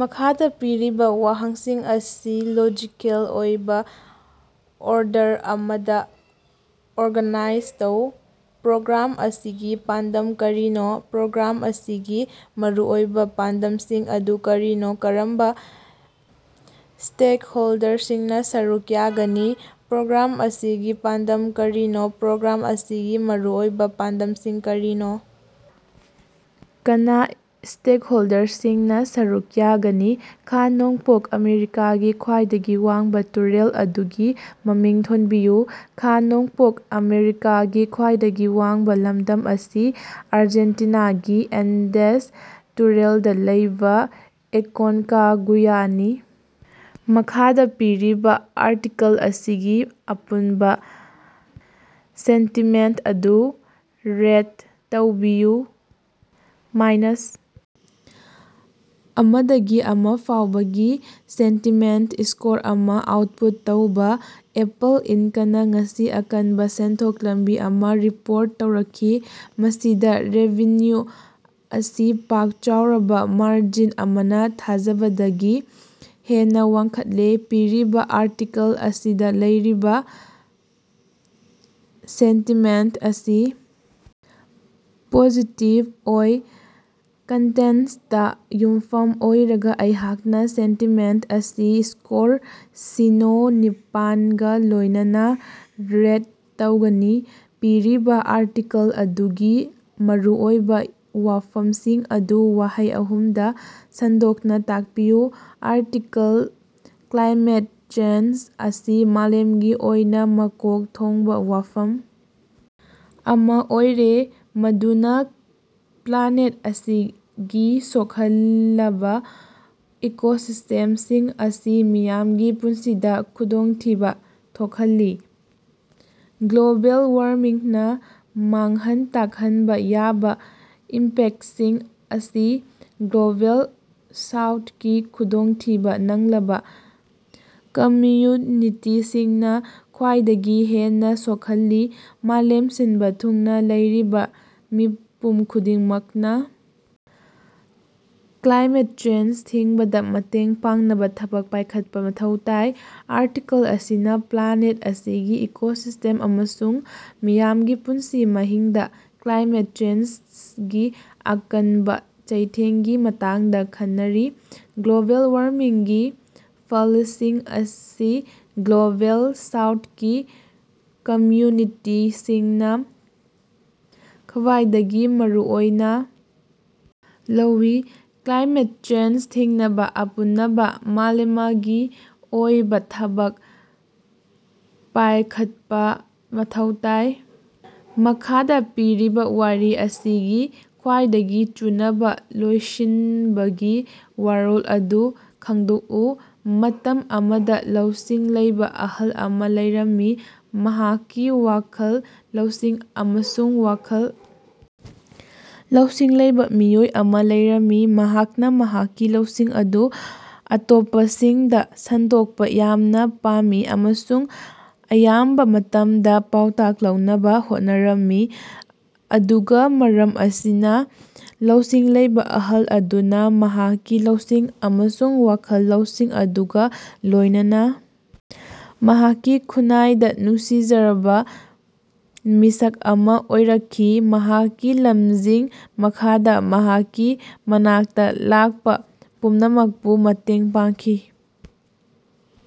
ꯃꯈꯥꯗꯥ ꯄꯤꯔꯤꯕꯥ ꯋꯥꯍꯪꯁꯤꯡ ꯑꯁꯤ ꯂꯣꯖꯤꯀꯦꯜ ꯑꯣꯏꯕꯥ ꯑꯣꯔꯗꯔ ꯑꯃꯗꯥ ꯑꯣꯔꯒꯥꯅꯥꯏꯖ ꯇꯧ꯫ ꯄ꯭ꯔꯣꯒ꯭ꯔꯥꯝ ꯑꯁꯤꯒꯤ ꯄꯥꯟꯗꯝ ꯀꯔꯤꯅꯣ? ꯄ꯭ꯔꯣꯒ꯭ꯔꯥꯝ ꯑꯁꯤꯒꯤ ꯃꯔꯨꯑꯣꯏꯕꯥ ꯄꯥꯟꯗꯝꯁꯤꯡ ꯑꯗꯨ ꯀꯔꯤꯅꯣ? ꯀꯔꯝꯕ ꯁ꯭ꯇꯦꯛꯍꯣꯜꯗꯔꯁꯤꯡꯅ ꯁꯔꯨꯛ ꯌꯥꯒꯅꯤ? ꯄ꯭ꯔꯣꯒ꯭ꯔꯥꯝ ꯑꯁꯤꯒꯤ ꯄꯥꯟꯗꯝ ꯀꯔꯤꯅꯣ? ꯄ꯭ꯔꯣꯒ꯭ꯔꯥꯝ ꯑꯁꯤꯒꯤ ꯃꯔꯨꯑꯣꯏꯕ ꯄꯥꯟꯗꯝꯁꯤꯡ ꯀꯔꯤꯅꯣ? ꯀꯅꯥ ꯁ꯭ꯇꯦꯛꯍꯣꯜꯗꯔꯁꯤꯡꯅ ꯁꯔꯨꯛ ꯌꯥꯒꯅꯤ? ꯈꯥ-ꯅꯣꯡꯄꯣꯛ ꯑꯥꯃꯦꯔꯤꯀꯥꯒꯤ ꯈ꯭ꯋꯥꯏꯗꯒꯤ ꯋꯥꯡꯕꯥ ꯇꯨꯔꯦꯜ ꯑꯗꯨꯒꯤ ꯃꯃꯤꯡ ꯊꯣꯟꯕꯤꯌꯨ꯫ ꯈꯥ-ꯅꯣꯡꯄꯣꯛ ꯑꯥꯃꯦꯔꯤꯀꯥꯒꯤ ꯈ꯭ꯋꯥꯏꯗꯒꯤ ꯋꯥꯡꯕꯥ ꯂꯝꯗꯝ ꯑꯁꯤ ꯑꯔꯖꯦꯟꯇꯤꯅꯥꯒꯤ ꯑꯦꯟꯗꯦꯁ ꯇꯨꯔꯦꯜꯗ ꯂꯩꯕ ꯑꯦꯀꯣꯟꯀꯥꯒꯨꯌꯥꯅꯤ꯫ ꯃꯈꯥꯗꯥ ꯄꯤꯔꯤꯕꯥ ꯑꯥꯔꯇꯤꯀꯦꯜ ꯑꯁꯤꯒꯤ ꯑꯄꯨꯟꯕ ꯁꯦꯟꯇꯤꯃꯦꯟꯇ ꯑꯗꯨ ꯔꯦꯠ ꯇꯧꯕꯤꯌꯨ꯫ ꯃꯥꯏꯅꯁ ꯑꯃꯗꯒꯤ ꯑꯃ ꯐꯥꯎꯕꯒꯤ ꯁꯦꯟꯇꯤꯃꯦꯟꯇ ꯁ꯭ꯀꯣꯔ ꯑꯃꯥ ꯑꯥꯎꯠꯄꯨꯠ ꯇꯧꯕꯥ꯫ ꯑꯦꯄꯜ ꯏꯟꯀꯅ ꯉꯁꯤ ꯑꯀꯟꯕꯥ ꯁꯦꯟꯊꯣꯛ ꯂꯝꯕꯤ ꯑꯃꯥ ꯔꯤꯄꯣꯔꯠ ꯇꯧꯔꯛꯈꯤ, ꯃꯁꯤꯗꯥ ꯔꯦꯚꯤꯟꯌꯨ ꯑꯁꯤ ꯄꯥꯛ ꯆꯥꯎꯔꯕ ꯃꯥꯔꯖꯤꯟ ꯑꯃꯅꯥ ꯊꯥꯖꯕꯗꯒꯤ ꯍꯦꯟꯅꯥ ꯋꯥꯡꯈꯠꯂꯦ꯫ ꯄꯤꯔꯤꯕꯥ ꯑꯥꯔꯇꯤꯀꯜ ꯑꯁꯤꯗꯥ ꯂꯩꯔꯤꯕ ꯁꯦꯟꯇꯤꯃꯦꯟ ꯑꯁꯤ ꯄꯣꯖꯤꯇꯤꯕ ꯑꯣꯏ꯫ ꯀꯟꯇꯦꯟꯇꯇꯥ ꯌꯨꯝꯐꯝ ꯑꯣꯏꯔꯒꯥ ꯑꯩꯍꯥꯛꯅ ꯁꯦꯟꯇꯤꯃꯦꯟꯇ ꯑꯁꯤ ꯁ꯭ꯀꯣꯔ ꯁꯤꯅ‌ꯣ ꯅꯤꯄꯥꯟꯒꯥ ꯂꯣꯏꯅꯅꯥ ꯔꯦꯠ ꯇꯧꯒꯅꯤ꯫ ꯄꯤꯔꯤꯕꯥ ꯑꯥꯔꯇꯤꯀꯜ ꯑꯗꯨꯒꯤ ꯃꯔꯨꯑꯣꯏꯕꯥ ꯋꯥꯐꯝꯁꯤꯡ ꯑꯗꯨ ꯋꯥꯍꯩ ꯑꯍꯨꯝꯗꯥ ꯁꯟꯗꯣꯛꯅ ꯇꯥꯛꯄꯤꯌꯨ꯫ ꯑꯥꯔꯇꯤꯀꯜ: ꯀ꯭ꯂꯥꯏꯃꯦꯠ ꯆꯦꯟꯖ ꯑꯁꯤ ꯃꯥꯂꯦꯝꯒꯤ ꯑꯣꯏꯅꯥ ꯃꯀꯣꯛ ꯊꯣꯡꯕꯥ ꯋꯥꯐꯝ ꯑꯃꯥ ꯑꯣꯏꯔꯦ ꯃꯗꯨꯅꯥ ꯄ꯭ꯂꯥꯅꯦꯠ ꯑꯁꯤꯒꯤ ꯁꯣꯛꯍꯜꯂꯕꯥ ꯏꯀꯣꯁꯤꯁ꯭ꯇꯦꯝꯁꯤꯡ ꯑꯃꯁꯨꯡ ꯃꯤꯌꯥꯝꯒꯤ ꯄꯨꯟꯁꯤꯗ ꯈꯨꯗꯣꯡꯊꯤꯕꯥ ꯊꯣꯛꯍꯜꯂꯤ꯫ ꯒ꯭ꯂꯣꯕꯦꯜ ꯋꯥꯔꯃꯤꯡꯅ ꯃꯥꯡꯍꯟ ꯇꯥꯛꯍꯟꯕ ꯌꯥꯕ ꯏꯝꯄꯦꯛꯇꯁꯤꯡ ꯑꯁꯤ ꯒ꯭ꯂꯣꯕꯦꯜ ꯁꯥꯎꯠꯀꯤ ꯈꯨꯗꯣꯡꯊꯤꯕ ꯅꯪꯂꯕ ꯀꯃꯌꯨꯅꯤꯇꯤꯁꯤꯡꯅꯥ ꯈ꯭ꯋꯥꯏꯗꯒꯤ ꯍꯦꯟꯅꯥ ꯁꯣꯛꯍꯜꯂꯤ꯫ ꯃꯥꯂꯦꯝ ꯁꯤꯟꯕꯥ ꯊꯨꯡꯅꯥ ꯂꯩꯔꯤꯕꯥ ꯃꯤꯄꯨꯝ ꯈꯨꯗꯤꯡꯃꯛꯅꯥ ꯀ꯭ꯂꯥꯏꯃꯦꯠ ꯆꯦꯟꯖ ꯊꯤꯡꯕꯗꯥ ꯃꯇꯦꯡ ꯄꯥꯡꯅꯕꯥ ꯊꯕꯛ ꯄꯥꯏꯈꯠꯄꯥ ꯃꯊꯧ ꯇꯥꯏ꯫ ꯑꯥꯔꯇꯤꯀꯜ ꯑꯁꯤꯅꯥ ꯄ꯭ꯂꯥꯅꯦꯠ ꯑꯁꯤꯒꯤ ꯏꯀꯣꯁꯤꯁ꯭ꯇꯦꯝ ꯑꯃꯁꯨꯡ ꯃꯤꯌꯥꯝꯒꯤ ꯄꯨꯟꯁꯤ ꯃꯍꯤꯡꯗꯥ ꯀ꯭ꯂꯥꯏꯃꯦꯠ ꯆꯦꯟꯖꯒꯤ ꯑꯀꯟꯕꯥ ꯆꯩꯊꯦꯡꯒꯤ ꯃꯇꯥꯡꯗ ꯈꯟꯅꯔꯤ꯫ ꯒ꯭ꯂꯣꯕꯦꯜ ꯋꯥꯔꯃꯤꯡꯒꯤ ꯐꯜꯁꯤꯡ ꯑꯁꯤ ꯒ꯭ꯂꯣꯕꯦꯜ ꯁꯥꯎꯊꯀꯤ ꯀꯝꯌꯨꯅꯤꯇꯤꯁꯤꯡꯅꯥ ꯈ꯭ꯕꯥꯏꯗꯒꯤ ꯃꯔꯨꯑꯣꯏꯅꯥ ꯂꯧꯏ꯫ ꯀ꯭ꯂꯥꯏꯃꯦꯠ ꯆꯦꯟꯖ ꯊꯤꯡꯅꯕꯥ ꯑꯄꯨꯅꯕꯥ ꯃꯥꯂꯦꯃꯒꯤ ꯑꯣꯏꯕꯥ ꯊꯕꯛ ꯄꯥꯌꯈꯠꯄꯥ ꯃꯊꯧ ꯇꯥꯏ꯫ ꯃꯈꯥꯗꯥ ꯄꯤꯔꯤꯕꯥ ꯋꯥꯔꯤ ꯑꯁꯤꯒꯤ ꯈ꯭ꯋꯥꯏꯗꯒꯤ ꯆꯨꯅꯕꯥ ꯂꯣꯏꯁꯤꯟꯕꯒꯤ ꯋꯥꯔꯣꯜ ꯑꯗꯨ ꯈꯪꯗꯣꯛꯎ꯫ ꯃꯇꯝ ꯑꯃꯗꯥ ꯂꯧꯁꯤꯡ ꯂꯩꯕꯥ ꯑꯍꯜ ꯑꯃꯥ ꯂꯩꯔꯝꯃꯤ, ꯃꯍꯥꯛꯀꯤ ꯋꯥꯈꯜ ꯂꯧꯁꯤꯡ ꯑꯃꯁꯨꯡ ꯋꯥꯈꯜ ꯂꯧꯁꯤꯡ ꯂꯩꯕꯥ ꯃꯤꯑꯣꯏ ꯑꯃꯥ ꯂꯩꯔꯝꯃꯤ꯫ ꯃꯍꯥꯛꯅꯥ ꯃꯍꯥꯛꯀꯤ ꯂꯧꯁꯤꯡ ꯑꯗꯨ ꯑꯇꯣꯞꯄꯁꯤꯡꯗꯥ ꯁꯟꯗꯣꯛꯄꯥ ꯌꯥꯝꯅꯥ ꯄꯥꯝꯃꯤ ꯑꯃꯁꯨꯡ ꯑꯌꯥꯝꯕꯥ ꯃꯇꯝꯗꯥ ꯄꯥꯎꯇꯥꯛ ꯂꯧꯅꯕꯥ ꯍꯣꯠꯅꯔꯝꯃꯤ꯫ ꯑꯗꯨꯒꯥ ꯃꯔꯝ ꯑꯁꯤꯅꯥ, ꯂꯧꯁꯤꯡ ꯂꯩꯕꯥ ꯑꯍꯜ ꯑꯗꯨꯅꯥ ꯃꯍꯥꯛꯀꯤ ꯂꯧꯁꯤꯡ ꯑꯃꯁꯨꯡ ꯋꯥꯈꯜ ꯂꯧꯁꯤꯡ ꯑꯗꯨꯒꯥ ꯂꯣꯏꯅꯅꯥ ꯃꯍꯥꯛꯀꯤ ꯈꯨꯟꯅꯥꯏꯗꯥ ꯅꯨꯡꯁꯤꯖꯔꯕꯥ ꯃꯤꯁꯛ ꯑꯃꯥ ꯑꯣꯏꯔꯛꯈꯤ, ꯃꯍꯥꯛꯀꯤ ꯂꯝꯖꯤꯡ ꯃꯈꯥꯗꯥ ꯃꯍꯥꯛꯀꯤ ꯃꯅꯥꯛꯇꯥ ꯂꯥꯛꯄꯥ ꯄꯨꯝꯅꯃꯛꯄꯨ ꯃꯇꯦꯡ ꯄꯥꯡꯈꯤ꯫